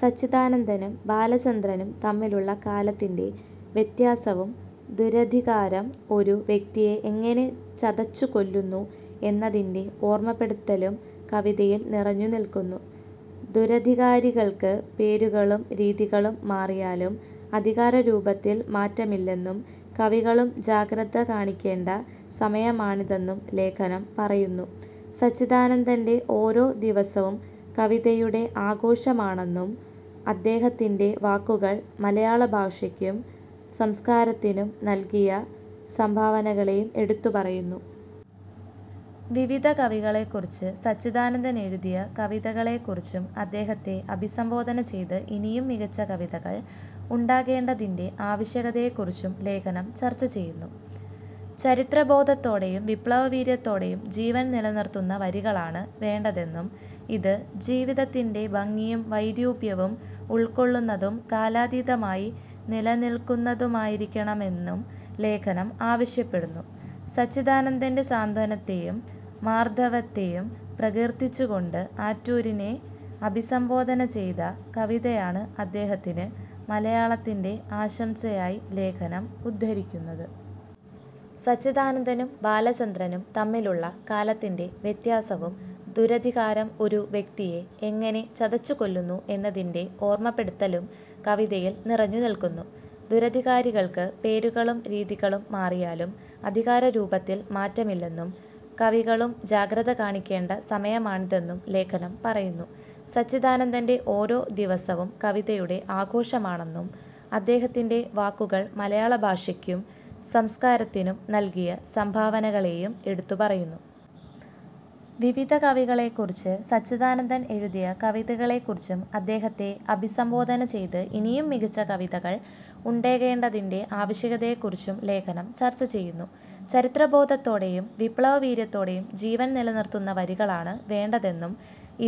സച്ചിദാനന്ദനും ബാലചന്ദ്രനും തമ്മിലുള്ള കാലത്തിന്റെ വ്യത്യാസവും, ദുരധികാരം ഒരു വ്യക്തിയെ എങ്ങനെ ചതച്ചുകൊല്ലുന്നു എന്നതിന്റെ ഓർമ്മപ്പെടുത്തലും കവിതയിൽ നിറഞ്ഞുനിൽക്കുന്നു. ദുരധികാരികൾക്ക് പേരുകളും രീതികളും മാറിയാലും അധികാരരൂപത്തിൽ മാറ്റമില്ലെന്നും, കവികളും ജാഗ്രത കാണിക്കേണ്ട സമയമാണിതെന്നും ലേഖനം പറയുന്നു. സച്ചിദാനന്ദന്റെ ഓരോ ദിവസവും കവിതയുടെ ആഘോഷമാണെന്നും, അദ്ദേഹത്തിന്റെ വാക്കുകൾ മലയാള ഭാഷയ്ക്കും സംസ്കാരത്തിനും നൽകിയ സംഭാവനകളെയും എടുത്തുപറയുന്നു. വിവിധ കവികളെക്കുറിച്ച് സച്ചിദാനന്ദൻ എഴുതിയ കവിതകളെക്കുറിച്ചും, അദ്ദേഹത്തെ അഭിസംബോധന ചെയ്ത് ഇനിയും മികച്ച കവിതകൾ ഉണ്ടാകേണ്ടതിന്റെ ആവശ്യകതയെക്കുറിച്ചും ലേഖനം ചർച്ച ചെയ്യുന്നു. ചരിത്രബോധത്തോടെയും വിപ്ലവ വീര്യത്തോടെയും ജീവൻ നിലനിർത്തുന്ന വരികളാണ് വേണ്ടതെന്നും, ഇത് ജീവിതത്തിന്റെ ഭംഗിയും വൈരൂപ്യവും ഉൾക്കൊള്ളുന്നതും കാലാതീതമായി നിലനിൽക്കുന്നതുമായിരിക്കണമെന്നും ലേഖനം ആവശ്യപ്പെടുന്നു. സച്ചിദാനന്ദന്റെ സാന്ത്വനത്തെയും മാർദ്ദവത്തെയും പ്രകീർത്തിച്ചുകൊണ്ട് ആറ്റൂരിനെ അഭിസംബോധന ചെയ്ത കവിതയാണ് അദ്ദേഹത്തിന് മലയാളത്തിന്റെ ആശംസയായി ലേഖനം ഉദ്ധരിക്കുന്നത്. സച്ചിദാനന്ദനും ബാലചന്ദ്രനും തമ്മിലുള്ള കാലത്തിന്റെ വ്യത്യാസവും, ദുരധികാരം ഒരു വ്യക്തിയെ എങ്ങനെ ചതച്ചുകൊല്ലുന്നു എന്നതിന്റെ ഓർമ്മപ്പെടുത്തലും കവിതയിൽ നിറഞ്ഞുനിൽക്കുന്നു. ദുരധികാരികൾക്ക് പേരുകളും രീതികളും മാറിയാലും അധികാരരൂപത്തിൽ മാറ്റമില്ലെന്നും, കവികളും ജാഗ്രത കാണിക്കേണ്ട സമയമാണിതെന്നും ലേഖനം പറയുന്നു. സച്ചിദാനന്ദന്റെ ഓരോ ദിവസവും കവിതയുടെ ആഘോഷമാണെന്നും, അദ്ദേഹത്തിന്റെ വാക്കുകൾ മലയാള ഭാഷയ്ക്കും സംസ്കാരത്തിനും നൽകിയ സംഭാവനകളെയും എടുത്തുപറയുന്നു. വിവിധ കവികളെക്കുറിച്ച് സച്ചിദാനന്ദൻ എഴുതിയ കവിതകളെക്കുറിച്ചും, അദ്ദേഹത്തെ അഭിസംബോധന ചെയ്ത് ഇനിയും മികച്ച കവിതകൾ ഉണ്ടാകേണ്ടതിന്റെ ആവശ്യകതയെക്കുറിച്ചും ലേഖനം ചർച്ച ചെയ്യുന്നു. ചരിത്രബോധത്തോടെയും വിപ്ലവ വീര്യത്തോടെയും ജീവൻ നിലനിർത്തുന്ന വരികളാണ് വേണ്ടതെന്നും,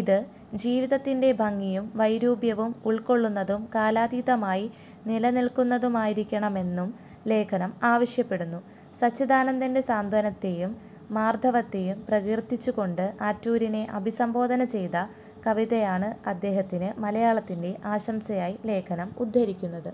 ഇത് ജീവിതത്തിന്റെ ഭംഗിയും വൈരൂപ്യവും ഉൾക്കൊള്ളുന്നതും കാലാതീതമായി നിലനിൽക്കുന്നതുമായിരിക്കണമെന്നും ലേഖനം ആവശ്യപ്പെടുന്നു. സച്ചിദാനന്ദന്റെ സാന്ത്വനത്തെയും മാർദ്ദവത്തെയും പ്രകീർത്തിച്ചുകൊണ്ട് ആറ്റൂരിനെ അഭിസംബോധന ചെയ്ത കവിതയാണ് അദ്ദേഹത്തിന് മലയാളത്തിന്റെ ആശംസയായി ലേഖനം ഉദ്ധരിക്കുന്നത്.